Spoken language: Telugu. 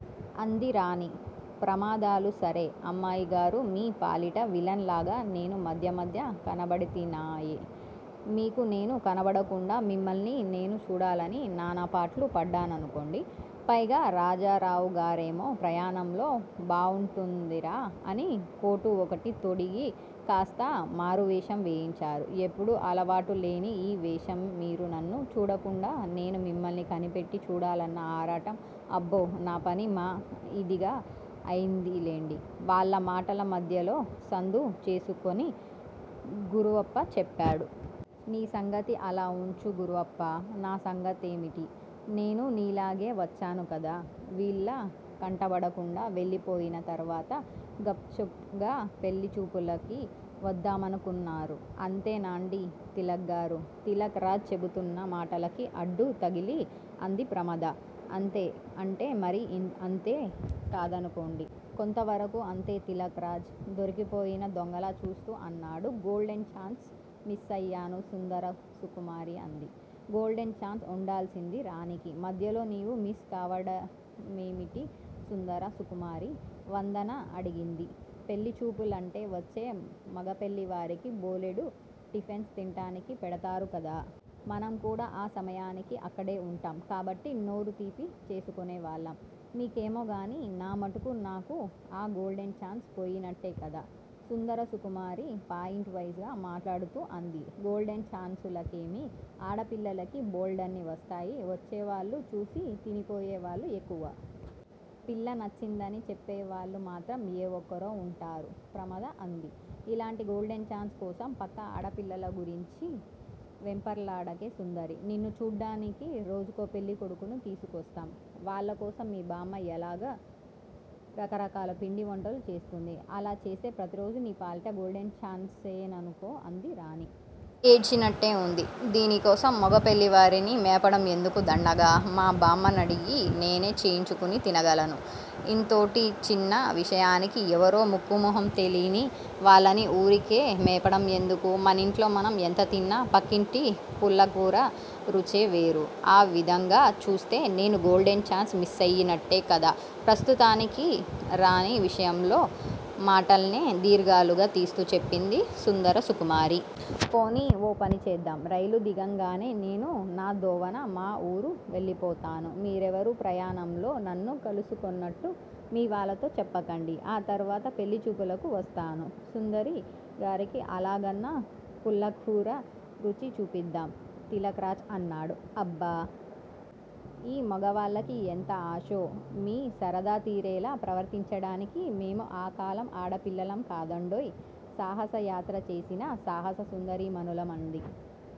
అంది రాణి. ప్రమాదాలు సరే అమ్మాయిగారు మీ పాలిట విలన్ లాగా నేను మధ్య మధ్య కనబడితినాయె. మీకు నేను కనబడకుండా మిమ్మల్ని నేను చూడాలని నానాపాట్లు పడ్డాననుకోండి. పైగా రాజారావుగారేమో ప్రయాణంలో బావుంటుందిరా! అని కోటు ఒకటి తొడిగి కాస్త మారువేషం వేయించారు. ఎప్పుడూ అలవాటులేని ఈ వేషం మీరు నన్ను చూడకుండా నేను మిమ్మల్ని కనిపెట్టి చూడాలన్న ఆరాటం అబ్బో నా పని మా ఇదిగా అయిందిలెండి వాళ్ళ మాటల మధ్యలో సందు చేసుకొని గురవప్ప చెప్పాడు. నీ సంగతి అలా ఉంచు గురవప్పా నా సంగతేమిటి? నేనూ నీలాగే వచ్చాను కదా వీళ్ళ కంటబడకుండా వెళ్ళిపోయిన తరువాత గప్ చుప్ గా పెళ్ళిచూపులకి వద్దామనుకున్నారు. అంతేనాండి తిలక్ గారు? తిలక్ రాజ్ చెబుతున్న మాటలకు అడ్డు తగిలి అంది ప్రమద. అంతే అంటే మరీ అంతే కాదనుకోండి. కొంతవరకు అంతే తిలక్ రాజ్ దొరికిపోయిన దొంగలా చూస్తూ అన్నాడు. గోల్డెన్ ఛాన్స్ మిస్సయ్యాను సుందర సుకుమారి అంది. గోల్డెన్ ఛాన్స్ ఉండాల్సింది రాణీకి. మధ్యలో నీవు మిస్ కావడమేమిటే సుందర సుకుమారీ! వందన అడిగింది. పెళ్ళి చూపులంటే వచ్చే మగపెళ్ళివారికి బోలెడు టిఫెన్స్ తింటానికి పెడతారు కదా! మనం కూడా ఆ సమయానికి అక్కడే ఉంటాం కాబట్టి నోరు తీపి చేసుకొనేవాళ్ళం. మీకేమోగాని నా మటుకు నాకు ఆ గోల్డెన్ ఛాన్స్ పోయినట్టే కదా! సుందర సుకుమారి పాయింట్ వైజ్ గా మాట్లాడుతూ అంది. గోల్డెన్ ఛాన్సులకేమి? ఆడపిల్లలకి బోల్డన్ని వస్తాయి. వచ్చేవాళ్ళు చూసి తినిపోయేవాళ్ళు ఎక్కువ. పిల్ల నచ్చిందని చెప్పేవాళ్ళు మాత్రం ఏ ఒక్కరో ఉంటారు ప్రమద అంది. ఇలాంటి గోల్డెన్ ఛాన్స్ కోసం పక్క ఆడపిల్లల గురించి వెంపర్లాడకే సుందరీ! నిన్ను చూడ్డానికి రోజుకో పెళ్ళికొడుకుని తీసుకొస్తాం. వాళ్ళకోసం మీ బామ్మ ఎలాగూ రకరకాల పిండి వంటలు చేస్తుంది. అలా చేస్తే ప్రతిరోజూ నీ పాలిట గోల్డెన్ ఛాన్సేననుకో అంది రాణి. ఏడ్చినట్టే ఉంది. దీనికోసం మగపెళ్ళివారిని మేపడం ఎందుకు దండగ. మా బామ్మనడిగి నేనే చేయించుకు తినగలను. ఇంతోటి చిన్న విషయానికి ఎవరో ముక్కూ మొహం తెలీని వాళ్ళని ఊరికే మేపడం ఎందుకు? మనింట్లో మనం ఎంత తిన్నా పక్కింటి పుల్లకూర రుచే వేరు. ఆ విధంగా చూస్తే నేను గోల్డెన్ ఛాన్స్ మిస్సయినట్టే కదా ప్రస్తుతానికి రా ణి విషయంలో మాటల్నే దీర్ఘాలుగా తీస్తూ చెప్పింది సుందర సుకుమారి. పోనీ ఓ పని చేద్దాం. రైలు దిగంగానే నేను నా దోవన మా ఊరు వెళ్ళిపోతాను. మీరెవరూ ప్రయాణంలో నన్ను కలుసుకొన్నట్టు మీ వాళ్ళతో చెప్పకండి. ఆ తరువాత పెళ్ళిచూపులకి వస్తాను. సుందరి గారికి అలాగన్నా పుల్లకూర రుచి చూపిద్దాం తిలక్ రాజ్ అన్నాడు. అబ్బా! ఈ మగవాళ్ళకి ఎంత ఆశో! మీ సరదా తీరేలా ప్రవర్తించడానికి మేము ఆ కాలం ఆడపిల్లలం కాదండోయ్. సాహసయాత్ర చేసిన సాహస సుందరీమణులం అంది